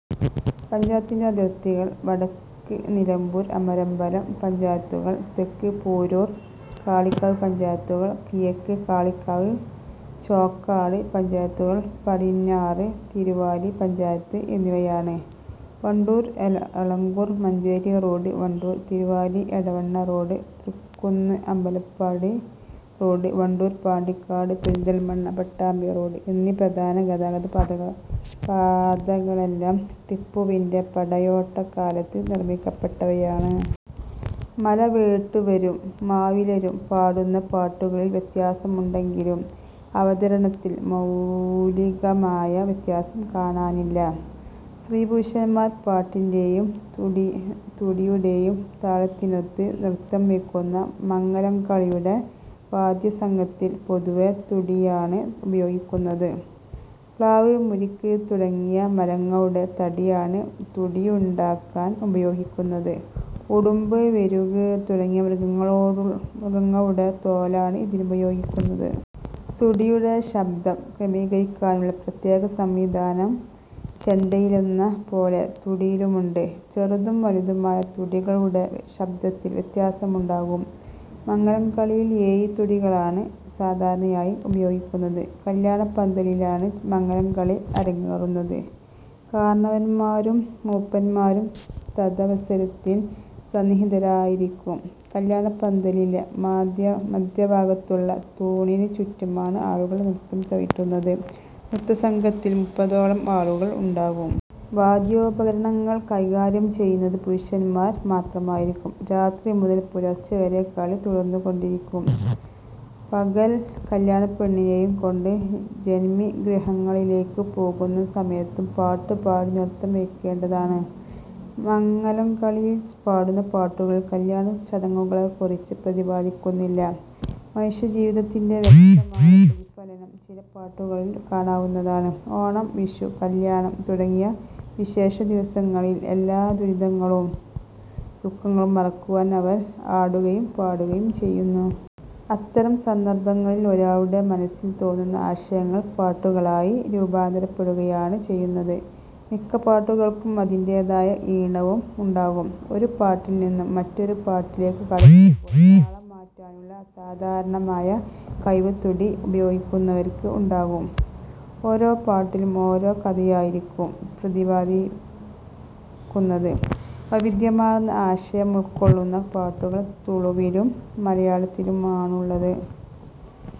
പഞ്ചായത്തിന്റെ അതിർത്തികൾ വടക്ക് നിലമ്പൂർ, അമരമ്പലം പഞ്ചായത്തുകൾ, തെക്ക് പോരൂർ, കാളികാവ് പഞ്ചായത്തുകൾ, കിഴക്ക് കാളികാവ്, ചോക്കാട് പഞ്ചായത്തുകൾ, പടിഞ്ഞാറ് തിരുവാലി പഞ്ചായത്ത് എന്നിവയാണ്. Wandoor-Elankur-Manjeri road, Wandoor-Thiruvali-Edavanna road, Thrikkunnu-Ambalappadi road, Wandoor-Pandikkad, Perinthalmanna-Pattambi road എന്നീ പ്രധാന ഗതാഗതപാതകളെല്ലാം ടിപ്പുവിന്റെ പടയോട്ടക്കാലത്ത് നിർമ്മിക്കപ്പെട്ടവയാണ്. മലവേട്ടുവരും മാവിലരും പാടുന്ന പാട്ടുകളിൽ വ്യത്യാസം ഉണ്ടെങ്കിലും അവതരണത്തിൽ മൗലികമായ വ്യത്യാസം കാണാനില്ല. സ്ത്രീപുരുഷന്മാർ പാട്ടിന്റേയും തുടിയുടേയും താളത്തിനൊത്ത് നൃത്തം വെയ്ക്കുന്ന മങ്ങലംകളിയുടെ വാദ്യസംഘത്തിൽ പൊതുവേ തുടിയാണ് ഉപയോഗിക്കുന്നത്. പ്ലാവ്, മുരിക്ക് തുടങ്ങിയ മരങ്ങളുടെ തടിയാണ് തുടിയുണ്ടാക്കാൻ ഉപയോഗിക്കുന്നത്. ഉടുമ്പ്, വെരുക് തുടങ്ങിയ മൃഗങ്ങളുടെ തോലാണ് ഇതിനുപയോഗിക്കുന്നത്. തുടിയുടെ ശബ്ദം ക്രമീകരിക്കാനുള്ള പ്രത്യേക സംവിധാനം ചെണ്ടയിലെന്ന പോലെ തുടിയിലുമുണ്ട്. ചെറുതും വലുതുമായ തുടികളുടെ ശബ്ദത്തിൽ വ്യത്യാസമുണ്ടാകും. മങ്ങലംകളിയിൽ ഏഴ് തുടികളാണ് സാധാരണയായി ഉപയോഗിക്കുന്നത്. കല്യാണപന്തലിലാണ് മങ്ങലംകളി അരങ്ങേറുന്നത്. കാരണവന്മാരും മൂപ്പന്മാരും തദവസരത്തിൽ സന്നിഹിതരായിരിക്കും. കല്യാണപന്തലിലെ മധ്യഭാഗത്തുള്ള തൂണിനു ചുറ്റുമാണ് ആളുകൾ നൃത്തം ചവിട്ടുന്നത്. നൃത്തസംഘത്തിൽ മുപ്പതോളം ആളുകൾ ഉണ്ടാകും. വാദ്യോപകരണങ്ങൾ കൈകാര്യം ചെയ്യുന്നത് പുരുഷന്മാർ മാത്രമായിരിക്കും. രാത്രി മുതൽ പുലർച്ച വരെ കളി തുടർന്നുകൊണ്ടിരിക്കും. പകൽ കല്യാണപ്പെണ്ണിനേയും കൊണ്ട് ജന്മിഗൃഹങ്ങളിലേയ്ക്ക് പോകുന്ന സമയത്തും പാട്ട് പാടി നൃത്തം വയ്ക്കേണ്ടതാണ്. മങ്ങലംകളിയിൽ പാടുന്ന പാട്ടുകളിൽ കല്യാണചടങ്ങുകളെക്കുറിച്ച് പ്രതിപാദിക്കുന്നില്ല. മനുഷ്യജീവിതത്തിന്റെ വ്യക്തമായ പ്രതിഫലനം ചില പാട്ടുകളിൽ കാണാവുന്നതാണ്. ഓണം, വിഷു, കല്യാണം തുടങ്ങിയ വിശേഷ ദിവസങ്ങളിൽ എല്ലാ ദുരിതങ്ങളും ദുഃഖങ്ങളും മറക്കുവാൻ അവർ ആടുകയും പാടുകയും ചെയ്യുന്നു. അത്തരം സന്ദർഭങ്ങളിൽ ഒരാളുടെ മനസ്സിൽ തോന്നുന്ന ആശയങ്ങൾ പാട്ടുകളായി രൂപാന്തരപ്പെടുകയാണ് ചെയ്യുന്നത്. മിക്ക പാട്ടുകൾക്കും അതിന്റേതായ ഈണവും ഉണ്ടാകും. ഒരു പാട്ടിൽ നിന്നും മറ്റൊരു പാട്ടിലേക്ക് കടക്കുമ്പോൾ താളം മാറ്റാനുള്ള അസാധാരണമായ കഴിവ് തുടി ഉപയോഗിക്കുന്നവർക്ക് ഉണ്ടാകും. ഓരോ പാട്ടിലും ഓരോ കഥയായിരിക്കും പ്രതിപാദിക്കുന്നത്. വൈവിധ്യമാർന്ന ആശയമുൾക്കൊള്ളുന്ന പാട്ടുകൾ തുളുവിലും മലയാളത്തിലുമാണുള്ളത്.